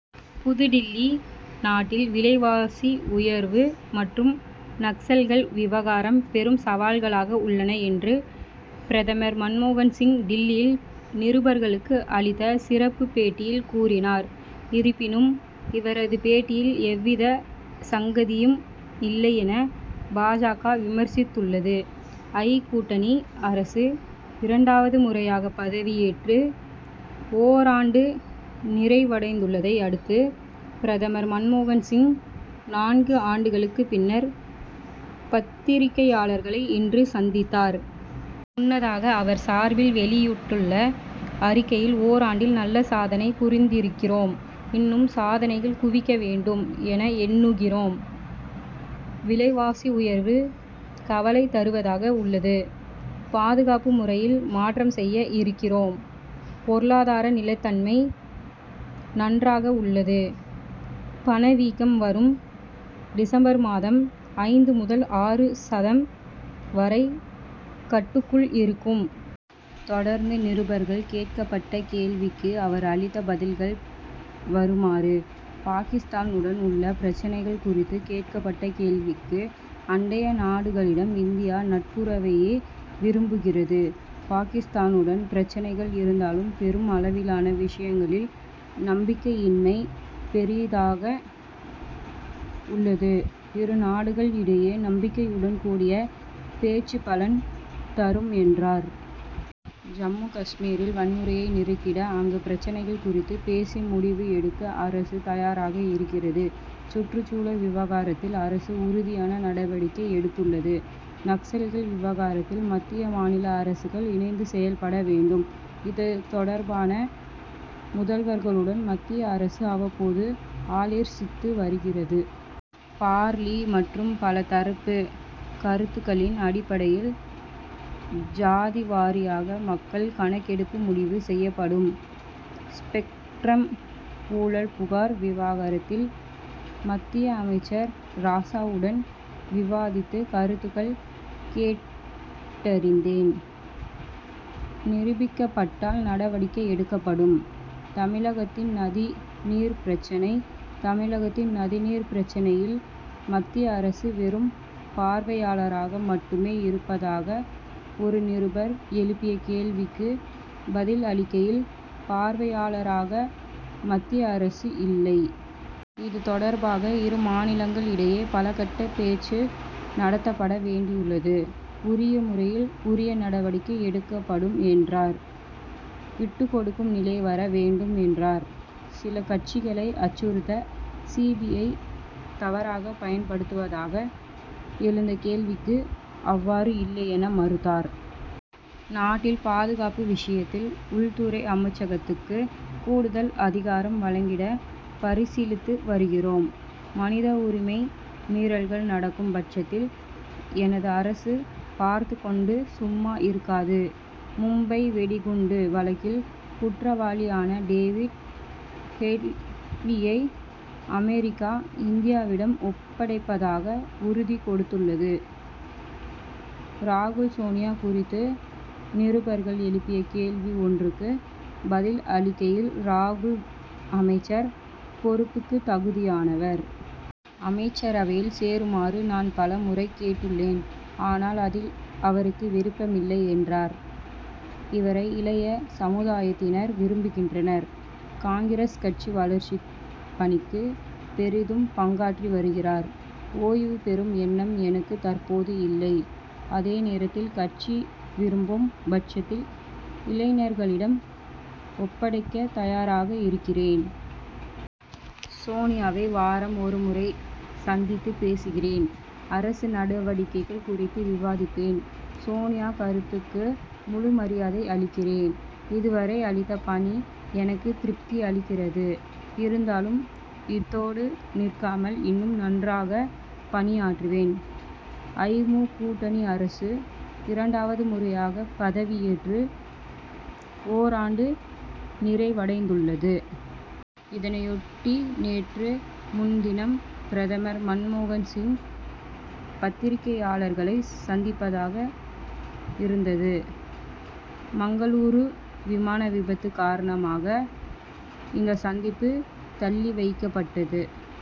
புதுடில்லி நாட்டில் விலைவாசி உயர்வு மற்றும் நக்சல்கள் விவகாரம் பெரும் சவால்களாக உள்ளன என்று பிரதமர் மன்மோகன்சிங் டில்லியில் நிருபர்களுக்கு அளித்த சிறப்பு பேட்டியில் கூறினார். இருப்பினும் இவரது பேட்டியில் எவ்வித சங்கதியும் இல்லை என பா. ஜ.க.விமர்சித்துள்ளது. ஐ. கூட்டணி அரசு இரண்டாவது முறையாக பதவியேற்று ஓராண்டு நிறைவடைந்துள்ளதை அடுத்து, பிரதமர் மன்மோகன் சிங், நான்கு ஆண்டுகளுக்கு பின்னர் பத்திரிகையாளர்களை இன்று சந்தித்தார். முன்னதாக அவர் சார்பில் வெளியிட்டுள்ள அறிக்கையில் ஓராண்டில் நல்ல சாதனை புரிந்திருக்கிறோம். இன்னும் சாதனைகள் குவிக்க வேண்டும் என எண்ணுகிறோம். விலைவாசி உயர்வு கவலை தருவதாக உள்ளது. பாதுகாப்பு முறையில் மாற்றம் செய்ய இருக்கிறோம். பொருளாதார நிலைத்தன்மை நன்றாக உள்ளது. பணவீக்கம் வரும் டிசம்பர் மாதம் ஐந்து முதல் ஆறு சதம் வரை கட்டுக்குள் இருக்கும். தொடர்ந்து நிருபர்கள் கேட்ட கேள்விக்கு அவர் அளித்த பதில்கள் வருமாறு பாகிஸ்தானுடன் உள்ள பிரச்னைகள் குறித்து கேட்கப்பட்ட கேள்விக்கு அண்டைய நாடுகளிடம் இந்தியா நட்புறவையே விரும்புகிறது. பாகிஸ்தானுடன் பிரச்னைகள் இருந்தாலும் பெரும் அளவிலான விஷயங்களில் நம்பிக்கையின்மை பெரிதாக உள்ளது. இரு நாடுகள் இடையே நம்பி்கையுடன் கூடிய பேச்சு பலன் தரும் என்றார். ஜம்மு காஷ்மீரில் வன்முறையை நிறுத்திட அங்கு பிரச்னைகள் குறித்து பேசி முடிவு எடுக்க அரசு தயாராக இருக்கிறது. சுற்றுச்சூழ்ல விவகாரத்தில் அரசு உறுதியான நடவடிக்கை எடுத்துள்ளது. நக்சல்கள் விவகாரத்தில் மத்திய, மாநில அரசுகள் இணைந்து செயல்பட வேண்டும். இது தொடர்பான முதல்வர்களுடன் மத்திய அரசு அவ்வப்போது ஆலோ்சித்து வருகிறது. பார்லி., மற்றும் பல தரப்பு கருத்துக்களின் அடிப்டையில் ஜாதிவாரியாக மக்கள் கணக்கெடுப்பு முடிவு செய்யப்படும். ஸ்பெக்ட்ரம் ஊழல் புகார் விவகாரத்தில் மத்திய அமைச்சர் ராசாவுடன் விவாதித்து கருத்துக்கள் கேட்டறிந்தேன். நிரூபிக்கப்பட்டால் நடவடிக்கை எடுக்கப்படும். தமிழகத்தின் நதி நீர் பிரச்னை தமிழகத்தின் நதி நீர் பிரச்னையில் மத்திய அரசு வெறும் பார்வையாளராக மட்டுமே இருப்பதாக ஒரு நிருபர் எழுப்பிய கேள்விக்கு பதில் அளிக்கையில் பார்வையாளராக மத்திய அரசு இல்லை. இது தொடர்பாக இரு மாநிலங்கள் இடையே பலக்கட்ட பேச்சு நடத்தப்பட வேண்டியுள்ளது. உரிய முறையில் உரிய நடவடிக்கை எடுக்கப்படும் என்றார். விட்டுக்கொடுக்கும் நிலை வர வேண்டும் என்றார். சில கட்சிகளை அச்சுறுத்த சி. பி. ஐ., தவறாக பயன்படுத்துவதாக எழுந்த கேள்விக்கு அவ்வாறு இல்லை என மறுத்தார். நாட்டில் பாதுகாப்பு விஷயத்தில் உள்துறை அமைச்சகத்திற்கு கூடுதல் அதிகாரம் வழங்கிட பரிசீலித்து வருகிறோம். மனித உரிமை மீறல்கள் நடக்கும் படச்த்தில் எனது அரசு பார்த்துக்கொண்டு சும்மா இருக்காது. மும்பை வெடிகுண்டு வழக்கில் குற்றவாளியான டேவிட் ஹெட்லியை அமெரிக்கா இந்தியாவிடம் ஒப்படைப்பதாக உறுதி கொடுத்துள்ளது. ராகுல் சோனியா குறித்து நிருபர்கள் எழுப்பிய கேள்வி ஒன்றுக்கு பதில் அளிக்கையில் ராகுல் அமைச்சர் பொறுப்புக்கு தகுதியானவர். அமைச்சரவையில் சேருமாறு நான் பலமுறை கேட்டுள்ளேன் ஆனால் அதில் அவருக்கு விருப்பமில்லை என்றார். இவரை இளைய சமுதாயத்தினர் விரும்புகின்றனர். காங்கிரஸ் கட்சி வளர்ச்சி பணிக்கு பெரிதும் பங்காற்றி வருகிறார். ஓய்வு பெறும் எண்ணம் எனக்கு தற்போது இல்லை. அதே நேரத்தில் கட்சி விரும்பும் பட்சத்தில் இளைஞர்களிடம் ஒப்படைக்க தயாராக இருக்கின்றேன். சோனியாவை வாரம் ஒரு முறை சந்தித்து பேசுகிறேன். அரசு நடவடிக்கைகள் குறித்து விவாதிப்பேன். சோனியா கருத்துக்கு முழு மரியாதை அளிக்கிறேன். இது வரை அளித்த பணி எனக்கு திருப்தி அளிக்கிறது. இருந்தாலும் இத்தோடு நிற்காமல் இன்னும் நன்றாக பணியாற்றுவேன். ஐ. மு., கூட்டணி அரசு இரண்டாவது முறையாக பதவியேற்று ஓராண்டு நிறைவடைந்துள்ளது. இதையொட்டி, நேற்று முன்தினம் பிரதமர் மன்மோகன் சிங், பத்திரிகையாளர்களை சந்திப்பதாக இருந்தது. மங்களூரு விமான விபத்து காரணமாக, இந்த சந்திப்பு தள்ளி வைக்கப்பட்டது.